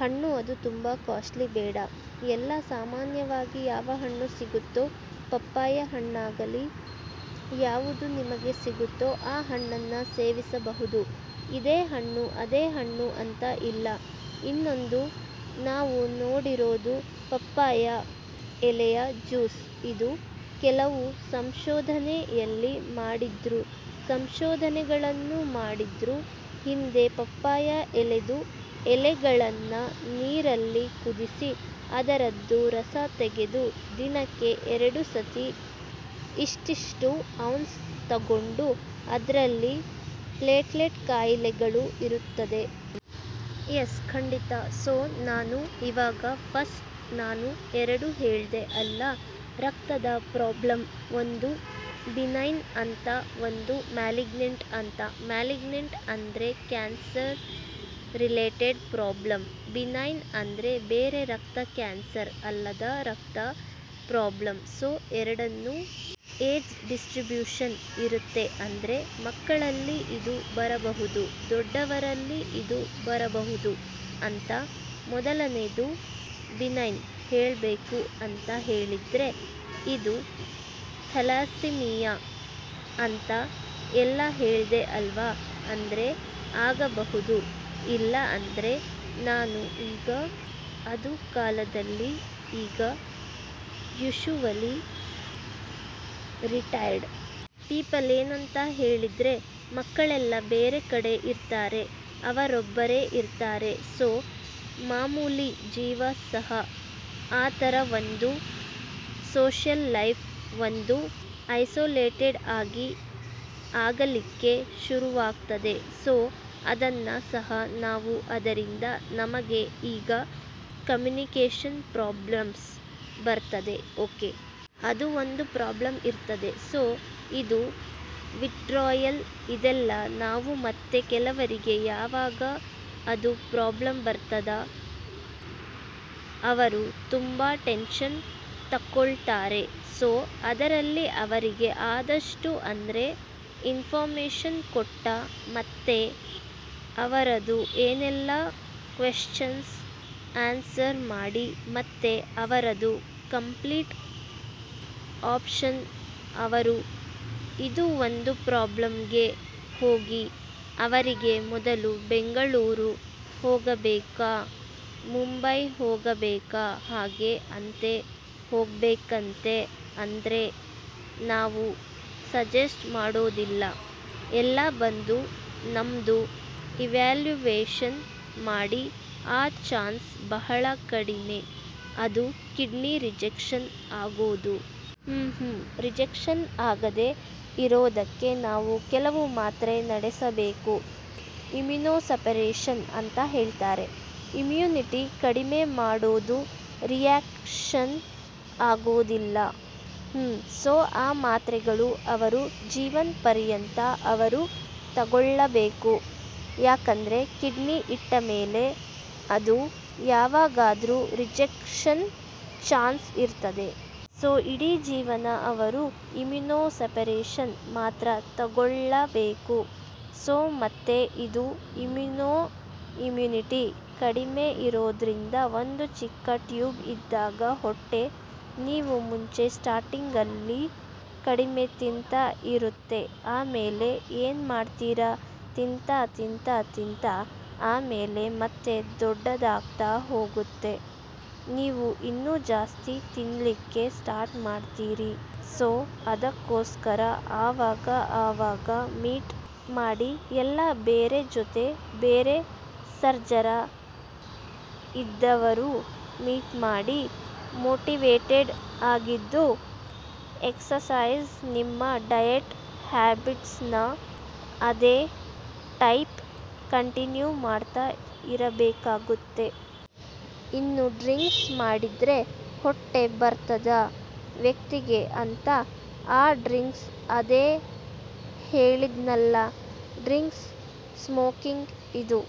ಹಣ್ಣು ಅದು ತುಂಬಾ ಕಾಸ್ಟ್ಲಿ ಬೇಡ ಎಲ್ಲಾ ಸಾಮಾನ್ಯವಾಗಿ ಯಾವ ಹಣ್ಣು ಸಿಗುತ್ತೊ ಪಪ್ಪಾಯ ಹಣ್ಣಾಗಲಿ ಯಾವುದು ನಿಮಗೆ ಸಿಗುತ್ತೋ ಆ ಹಣ್ಣನ್ನ ಸೇವಿಸಬಹುದು ಇದೇ ಹಣ್ಣು ಅದೇ ಹಣ್ಣು ಅಂತ ಇಲ್ಲ ಇನ್ನೊಂದು ನಾವು ನೋಡಿರೋದು ಪಪ್ಪಾಯ ಎಲೆಯ ಜ್ಯೂಸ್ ಇದು ಕೆಲವು ಸಂಶೋಧನೆಯಲ್ಲಿ ಮಾಡಿದ್ರು ಸಂಶೋಧನೆಗಳನ್ನು ಮಾಡಿದ್ರು ಹಿಂದೆ ಪಪ್ಪಾಯ ಎಲೆದು ಎಲೆಗಳನ್ನ ನೀರಲ್ಲಿ ಕುದಿಸಿ ಅದರದ್ದು ರಸ ತೆಗೆದು ದಿನಕ್ಕೆ ಎರಡು ಸತಿ ಇಷ್ಟಿಷ್ಟು ಔನ್ಸ್ ತಗೊಂಡು ಅದ್ರಲ್ಲಿ ಪ್ಲೇಟ್ಲೆಟ್ ಕಾಯಿಲೆಗಳು ಇರುತ್ತದೆ. ಎಸ್ ಖಂಡಿತ ಸೋ ನಾನು ಇವಾಗ ಫಸ್ಟ್ ನಾನು ಎರಡು ಹೇಳ್ದೆ ಅಲ್ಲ ರಕ್ತದ ಪ್ರಾಬ್ಲಮ್ ಒಂದು ಬಿನೈನ್ ಅಂತ ಒಂದು ಮಾಲಿಗ್ನೆಂಟ್ ಅಂತ ಮಾಲಿಗ್ನೆಂಟ್ ಅಂದ್ರೆ ಕ್ಯಾನ್ಸರ್ ರಿಲೇಟೆಡ್ ಪ್ರಾಬ್ಲಮ್ ಬಿನೈನ್ ಅಂದ್ರೆ ಬೇರೆ ರಕ್ತ ಕ್ಯಾನ್ಸರ್ ಅಲ್ಲದ ರಕ್ತ ಪ್ರಾಬ್ಲಮ್ ಸೋ ಎರಡನ್ನು ಏಜ್ ಡಿಸ್ಟ್ರಿಬ್ಯೂಷನ್ ಇರುತ್ತೆ ಅಂದ್ರೆ ಮಕ್ಕಳಲ್ಲಿ ಇದು ಬರಬಹುದು ದೊಡ್ಡವರಲ್ಲಿ ಇದು ಬರಬಹುದು ಅಂತ ಮೊದಲನೆದು ಬಿನೈನ್ ಹೇಳ್ಬೇಕು ಅಂತ ಹೇಳಿದ್ರೆ ಇದು ಥಾಲಸೆಮಿಯಾ ಅಂತ ಎಲ್ಲಾ ಹೇಳ್ದೆ ಅಲ್ವಾ ಅಂದ್ರೆ ಆಗಬಹುದು ಇಲ್ಲ ಅಂದ್ರೆ ನಾನು ಈಗ ಅದು ಕಾಲದಲ್ಲಿ ಈಗ ಯುಶುವಲಿ ರಿಟೈರ್ಡ್ ಪೀಪಲ್ ಏನಂತ ಹೇಳಿದ್ರೆ ಮಕ್ಕಳೆಲ್ಲ ಬೇರೆ ಕಡೆ ಇರ್ತಾರೆ ಅವರೊಬ್ಬರೇ ಇರ್ತಾರೆ ಸೋ ಮಾಮೂಲಿ ಜೀವ ಸಹ ಆತರ ಒಂದು ಸೋಶಿಯಲ್ ಲೈಫ್ ಒಂದು ಐಸೋಲೇಟೆಡ್ ಆಗಿ ಆಗಲಿಕ್ಕೆ ಶುರುವಾಗ್ತದೆ ಸೋ ಅದನ್ನ ಸಹ ನಾವು ಅದರಿಂದ ನಮಗೆ ಈಗ ಕಮ್ಯುನಿಕೇಶನ್ ಪ್ರಾಬ್ಲಮ್ಸ್ ಬರ್ತದೆ ಓಕೆ ಅದು ಒಂದು ಪ್ರಾಬ್ಲಮ್ ಇರ್ತದೆ ಸೋ ಇದು ವಿಥ್ಡ್ರಾಯಲ್ ಇದೆಲ್ಲ ನಾವು ಮತ್ತೆ ಕೆಲವರಿಗೆ ಯಾವಾಗ ಅದು ಪ್ರಾಬ್ಲಮ್ ಬರ್ತದ ಅವರು ತುಂಬಾ ಟೆನ್ಶನ್ ತಕ್ಕೊಳ್ತಾರೆ ಸೊ ಅದರಲ್ಲಿ ಅವರಿಗೆ ಆದಷ್ಟು ಅಂದ್ರೆ ಇನ್ಫಾರ್ಮೇಷನ್ ಕೊಟ್ಟ ಮತ್ತೆ ಅವರದು ಏನೆಲ್ಲಾ ಕ್ವೆಶ್ಚನ್ಸ್ ಆನ್ಸರ್ ಮಾಡಿ ಮತ್ತೆ ಅವರದು ಕಂಪ್ಲೀಟ್ ಆಪ್ಷನ್ ಅವರು ಇದು ಒಂದು ಪ್ರಾಬ್ಲಮ್ ಗೆ ಹೋಗಿ ಅವರಿಗೆ ಮೊದಲು ಬೆಂಗಳೂರು ಹೋಗಬೇಕಾ ಮುಂಬೈ ಹೋಗಬೇಕಾ ಹಾಗೆ ಅಂತೆ ಹೋಗ್ಬೇಕಂತೆ ಅಂದ್ರೆ ನಾವು ಸಜೆಸ್ಟ್ ಮಾಡೋದಿಲ್ಲ ಎಲ್ಲಾ ಬಂದು ನಮ್ದು ಇವ್ಯಾಲ್ಯುವೇಷನ್ ಮಾಡಿ ಆ ಚಾನ್ಸ್ ಬಹಳ ಕಡಿಮೆ, ಅದು ಕಿಡ್ನಿ ರಿಜೆಕ್ಷನ್ ಆಗೋದು. ಹ್ಮ್ ಹ್ಮ್ ರಿಜೆಕ್ಷನ್ ಆಗದೆ ಇರೋದಕ್ಕೆ ನಾವು ಕೆಲವು ಮಾತ್ರೆ ನಡೆಸಬೇಕು. ಇಮ್ಯುನೊ ಸಪ್ರೆಶನ್ ಅಂತ ಹೇಳ್ತಾರೆ. ಇಮ್ಯೂನಿಟಿ ಕಡಿಮೆ ಮಾಡೋದು ರಿಯಾಕ್ಷನ್ ಆಗೋದಿಲ್ಲ. ಹ್ಮ್ ಸೊ ಆ ಮಾತ್ರೆಗಳು ಅವರು ಜೀವನ್ ಪರ್ಯಂತ ಅವರು ತಗೊಳ್ಳಬೇಕು. ಯಾಕಂದ್ರೆ ಕಿಡ್ನಿ ಇಟ್ಟಮೇಲೆ ಅದು ಯಾವಾಗಾದ್ರೂ ರಿಜೆಕ್ಷನ್ ಚಾನ್ಸ್ ಇರ್ತದೆ. ಸೊ ಇಡೀ ಜೀವನ ಅವರು ಇಮ್ಯುನೊ ಸಪ್ರೆಶನ್ ಮಾತ್ರ ತಗೊಳ್ಳಬೇಕು. ಸೊ ಮತ್ತೆ ಅದು ಇಮ್ಯೂನೋ ಇಮ್ಯೂನಿಟಿ ಕಡಿಮೆ ಇರೋದ್ರಿಂದ ಒಂದು ಚಿಕ್ಕ ಟ್ಯೂಬ್ ಇದ್ದಾಗ ಹೊಟ್ಟೆ ನೀವು ಮುಂಚೆ ಸ್ಟಾರ್ಟಿಂಗ್ ಅಲ್ಲಿ ಕಡಿಮೆ ತಿಂತಾ ಇರುತ್ತೆ ಆಮೇಲೆ ಏನ್ ಮಾಡ್ತೀರಿ ತಿಂತಾ ತಿಂತಾ ತಿಂತಾ ಆಮೇಲೆ ಮತ್ತೆ ದೊಡ್ಡದಾಗ್ತಾ ಹೋಗುತ್ತೆ ನೀವು ಇನ್ನು ಜಾಸ್ತಿ ತಿನ್ಲಿಕ್ಕೆ ಸ್ಟಾರ್ಟ್ ಮಾಡ್ತೀರಿ ಸೋ ಅದಕ್ಕೋಸ್ಕರ ಅವಾಗ ಅವಾಗ ಮೀಟ್ ಮಾಡಿ ಎಲ್ಲ ಬೇರೆ ಜೊತೆ ಬೇರೆ ಸರ್ಜರ ಇದ್ದವರು ಮೀಟ್ ಮಾಡಿ ಮೋಟಿವೇಟೆಡ್ ಆಗಿದ್ದು ಎಕ್ಸರ್ಸೈಜ್ ನಿಮ್ಮ ಡಯಟ್ ಹ್ಯಾಬಿಟ್ಸ್ ನ ಅದೇ ಟೈಪ್ ಕಂಟಿನ್ಯೂ ಮಾಡ್ತಾ ಇರಬೇಕಾಗುತ್ತೆ. ಇನ್ನು ಡ್ರಿಂಕ್ಸ್ ಮಾಡಿದ್ರೆ ಹೊಟ್ಟೆ ಬರ್ತದ ವ್ಯಕ್ತಿಗೆ ಅಂತ ಆ ಡ್ರಿಂಕ್ಸ್ ಅದೇ ಹೇಳಿದ್ನಲ್ಲ ಡ್ರಿಂಕ್ಸ್ ಸ್ಮೋಕಿಂಗ್ ಇದು।